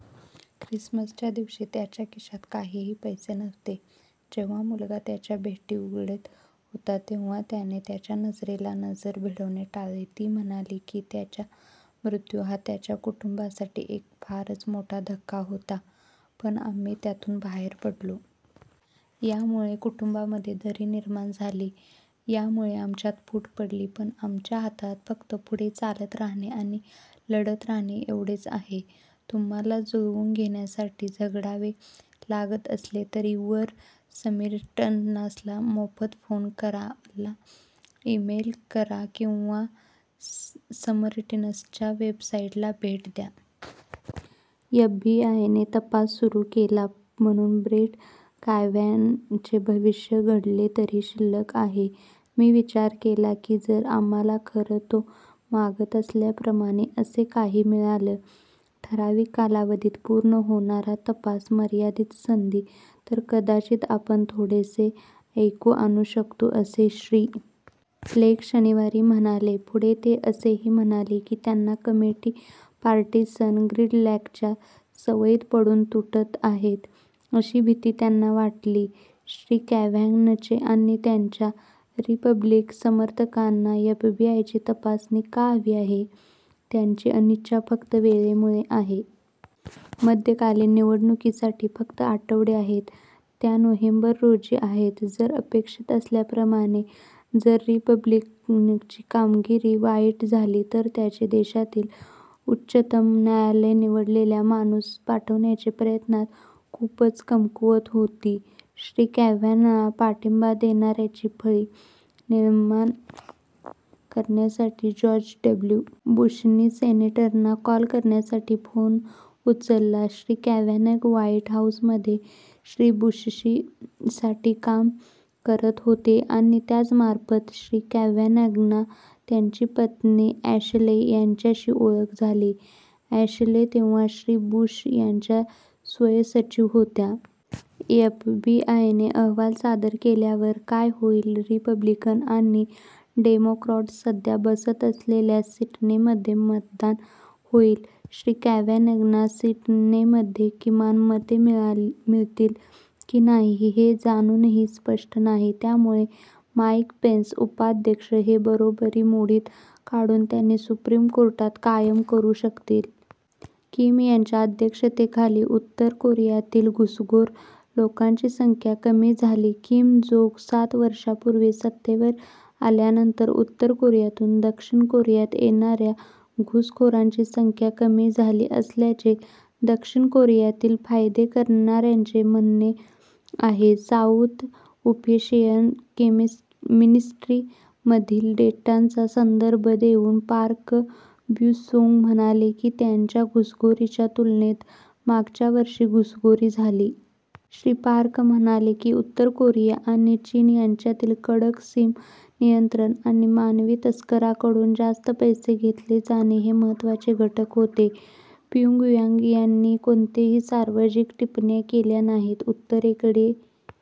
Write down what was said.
ख्रिसमसच्या दिवशी त्याचा खिशात काहीही पैसे नव्हते जेव्हा मुले त्यांच्या भेटी उघडत होती तेव्हा त्याने त्यांच्या नजरेला नजर भिडवणे टाळले. " ती म्हणाली की, त्याचा मृत्यू हा त्यांच्या कुटुंबासाठी एक फारच मोठा धक्का होता, पण आम्ही त्यातून बाहेर पडलो. "यामुळे कुटुंबामध्ये दरी निर्माण झाली. यामुळे आमच्यात फूट पडली. पण आमच्या हातात फक्त पुढे चालत राहणं आणि लढत राहणं एवढंच आहे. " तुम्हाला जुळवून घेण्यासाठी झगडावं लागत असेल तर वर समरिटन्सला मोफत फोन करा, ला इमेल करा किंवा समरिटन्सच्या वेबसाईटला भेट द्या. एफबीआयने तपास सुरू केला म्हणून ब्रेट कावानॉघचे भविष्य थोडेतरी शिल्लक आहे "मी विचार केला की, जर आम्हाला खरंच तो मागत असलेल्याप्रमाणे असं काही मिळालं ठराविक कालावधीत पूर्ण होणारा तपास, मर्यादित संधी तर कदाचित आपण थोडेसे ऐक्य आणू शकतो," असे श्री. फ्लेक शनिवारी म्हणाले, पुढे ते असेही म्हणाले की त्यांना कमिटी पार्टीसन ग्रीडलॉकच्या सवयीत पडून "तुटत" आहे अशी भीती त्यांना वाटली. श्री. कावानॉघचे आणि त्यांच्या रिपब्लिकन समर्थकांना एफबीआयची तपासणी का हवी आहे? त्यांची अनिच्छा फक्त वेळेमुळे आहे. मध्यकालीन निवडणुकांसाठी फक्त आठवडे आहेत, त्या नोव्हेंबर रोजी आहेत जर अपेक्षित असल्याप्रमाणे जर रिपब्लिकनची कामगिरी वाईट झाली, तर त्यांचे देशातील उच्चतम न्यायालयात निवडलेला माणूस पाठवण्याचे प्रयत्नात खूपच कमकुवत होतील. श्री. कावानॉघना पाठिंबा देणाऱ्यांची फळी निर्माण करण्यासाठी जॉर्ज डब्लू. बुशनी सेनेटरना कॉल करण्यासाठी फोन उचलला. श्री. कावानॉघ व्हाईट हाउसमध्ये श्री. बुशसाठी काम करत होते आणि त्यांच्यामार्फतच श्री. कावानॉघची त्यांच्या पत्नी अॅशले यांच्याशी ओळख झाली, अॅशले तेव्हा श्री. बुश यांच्या स्वीय सचिव होत्या. एफबीआयने अहवाल सादर केल्यावर काय होईल? रिपब्लिकन आणि डेमोक्रॅट सध्या बसत असलेल्या सीनेटमध्ये मतदान होईल. श्री कावानॉघना सीनेटमध्ये किमान मते मिळतील की नाही हे अजूनही स्पष्ट नाही, ज्यामुळे माईक पेन्स, उपाध्यक्ष हे बरोबरी मोडीत काढून त्यांना सुप्रीम कोर्टात कायम करू शकतील. किम यांच्या अध्यक्षतेखाली उत्तर कोरियातील घुसखोर लोकांची संख्या "कमी" झाली किम जोंग सात वर्षापूर्वी सत्तेवर आल्यानंतर उत्तर कोरियातून दक्षिण कोरियात येणाऱ्या घुसखोरांची संख्या कमी झाली असल्याचे, दक्षिण कोरियातील कायदे करणाऱ्यांचे म्हणणे आहे. साउथ उनिफिकेशन मिनिस्ट्री मधील डेटाचा संदर्भ देऊन पार्क ब्योंग-सुंग म्हणाले की, च्या घुसखोरांच्या तुलनेत मागच्या वर्षी घुसखोरी झाली. श्री. पार्क म्हणाले की, उत्तर कोरिया आणि चीन यांच्यातील कडक सीम नियंत्रण आणि मानवी तस्करांकडून जास्त पैसे घेतले जाणे हे महत्त्वाचे घटक होते. प्योंगयांग यांनी कोणत्याही सार्वजनिक टिप्पण्या केल्या नाहीत. उत्तरेकडील